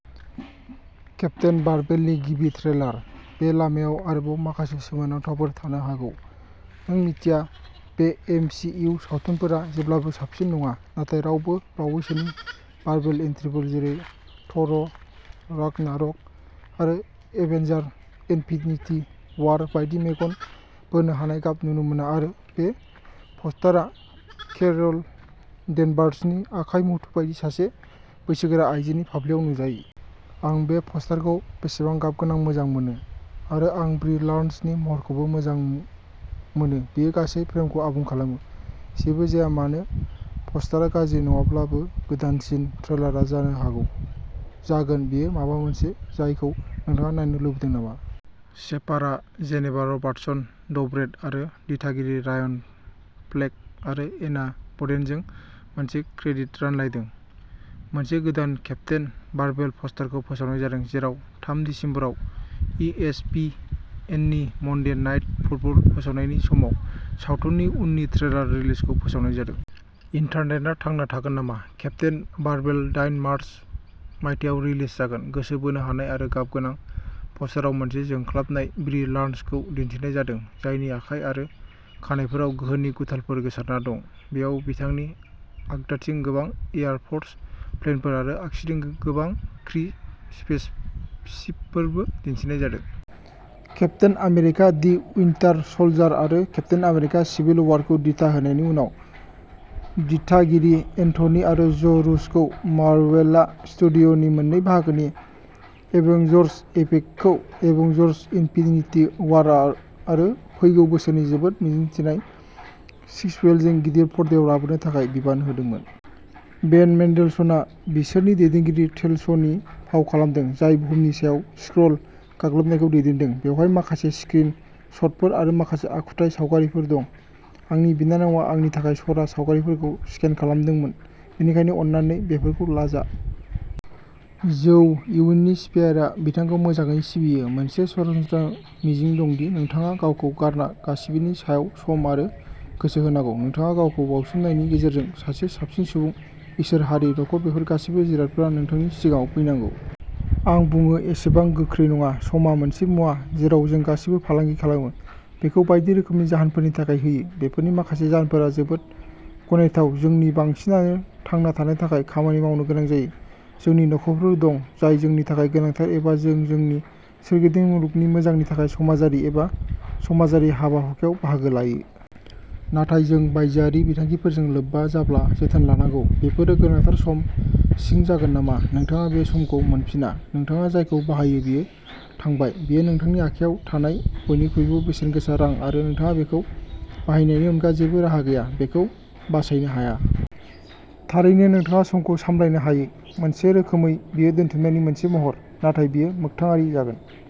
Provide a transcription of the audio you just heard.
Captain मार्भेलनि गिबि trailer. बे लामायाव आरोबाव माखासे सोमोनांथावफोर थानो हागौ, नों मिथिया। बे एम सि इउ सावथुनफोरा जेब्लाबो साबसिन नङा, नाथाय रावबो बावैसोनि मार्भेल एन्ट्रिफोर जेरै थ'र रागनारक आरो एभेन्जार्स इनफिनिटि वार बायदि मेगन बोनो हानाय गाब नुनो मोना आरो बे प'स्टारआ केर'ल डेनभार्सनि आखाइ मुथु बायदि सासे बैसोगोरा आइजोनि फाफ्लिआव नुजायो। आं बे प'स्टारखौ बेसेबां गाबगोनां मोजां मोनो आरो आं ब्रि लार्सननि महरखौबो मोजां मोनो बियो गासै फ्रेमखौ आबुं खालामो। जेबो जाया मानो प'स्टारआ गाज्रि नङाब्लाबो, गोदानसिन ट्रेलारआ जानो हागौ जागोन। बेयो माबा मोनसे जायखौ नोंथाङा नायनो लुबैदों नामा? शेफारआ जेनेभा रबार्टसन ड्वरेट आरो दिथागिरि रायन फ्लेक आरो एना बडेनजों मोनसे क्रेडिट रानलायदों। मोनसे गोदान केप्टेन मार्भेल प'स्टारखौ फोसावनाय जादों, जेराव थाम दिसेम्बराव इ एस पि एननि मन्डे नाइट फुटबल फोसावनायनि समाव सावथुननि उननि ट्रेलार रिलिजखौ फोसावनाय जादों। इन्टारनेटआ थांना थागोन नामा? केप्टेन मार्भेल दाइन मार्च, मायथाइयाव रिलिज जागोन। गोसो बोनो हानाय आरो गाबगोनां पस्टारआव मोनसे जोंख्लाबनाय ब्रि लार्सनखौ दिन्थिनाय जादों, जायनि आखाइ आरो खानाइफोराव गोहोनि गुथालफोर गोसारना दं। बेयाव बिथांनि आगदाथिं गोबां एयार फ'र्स प्लेनफोर आरो आगसिथिं गोबां क्रि स्पेसशिपफोरबो दिन्थिनाय जादों। Captain America the Winter Soldier आरो केप्टेन अमेरिका सिभिल वारखौ दिथा होनायनि उनाव, दिथागिरि एन्थनि आरो ज' रुस'खौ मार्वेलआ स्टुडिय'नि मोननै बाहागोनि एवेंजर्स एपिकखौ एवेंजर्स इनफिनिटि वार आरो फैगौ बोसोरनि जोबोद मिजिंथिनाय सिक्वेलजों गिदिर पर्दायाव लाबोनो थाखाय बिबान होदोंमोन। बेन मेन्डेलसनआ बिसोरनि दैदेनगिरि टेल'सनि फाव खालामदों, जाय बुहुमनि सायाव स्क्रल गाग्लोबनायखौ दैदेनदों। बेवहाय माखासे स्क्रिन शटफोर आरो माखासे आखुथाय सावगारिफोर दं। आंनि बिनानावआ आंनि थाखाय चरा सावगारिफोरखौ स्केन खालामदोंमोन, बेनिखायनो अन्नानै बेफोरखौ लाजा। झौ युननि स्पियारआ बिथांखौ मोजाङै सिबियो। मोनसे सरासनस्रा मिजिं दं दि नोंथाङा गावखौ गारना गासिबोनि सायाव सम आरो गोसो होनांगौ। नोंथाङा गावखौ बावसोमनायनि गेजेरजों सासे साबसिन सुबुं। इसोर, हारि, नखर बेफोर गासैबो जिरादफोरा नोंथांनि सिगाङाव फैनांगौ। आं बुङो एसेबां गोख्रै नङा। समआ मोनसे मुवा जेराव जों गासैबो फालांगि खालामो, बेखौ बायदि रोखोमनि जाहोनफोरनि थाखाय होयो। बेफोरनि माखासे जाहोनफोरा जोबोद गनायथाव जोंनि बांसिनानो थांना थानो थाखाय खामानि मावनो गोनां जायो, जोंनि नखरफोर दं जाय जोंनि थाखाय गोनांथार एबा जों जोंनि सोरगिदिं मुलुगनि मोजांनि थाखाय समाजारि एबा समाजारि हाबा हुखायाव बाहागो लायो। नाथाय जों बायजोआरि बिथांखिफोरजों लोब्बा जाब्ला जोथोन लानांगौ बेफोरो गोनांथार सम सिं जागोन नामा? नोंथाङा बे समखौ मोनफिना। नोंथाङा जायखौ बाहायो बेयो थांबाय। बेयो नोंथांनि आखायाव थानाय बयनिख्रुइबो बेसेनगोसा रां आरो नोंथाङा बेखौ बाहायनायनि अनगा जेबो राहा गैया, बेखौ बासायनो हाया। थारैनो नोंथाङा समखौ सामलायनो हायो मोनसे रोखोमै बेयो दोनथुमनायनि मोनसे महर, नाथाय बेयो मोख्थाङारि जागोन।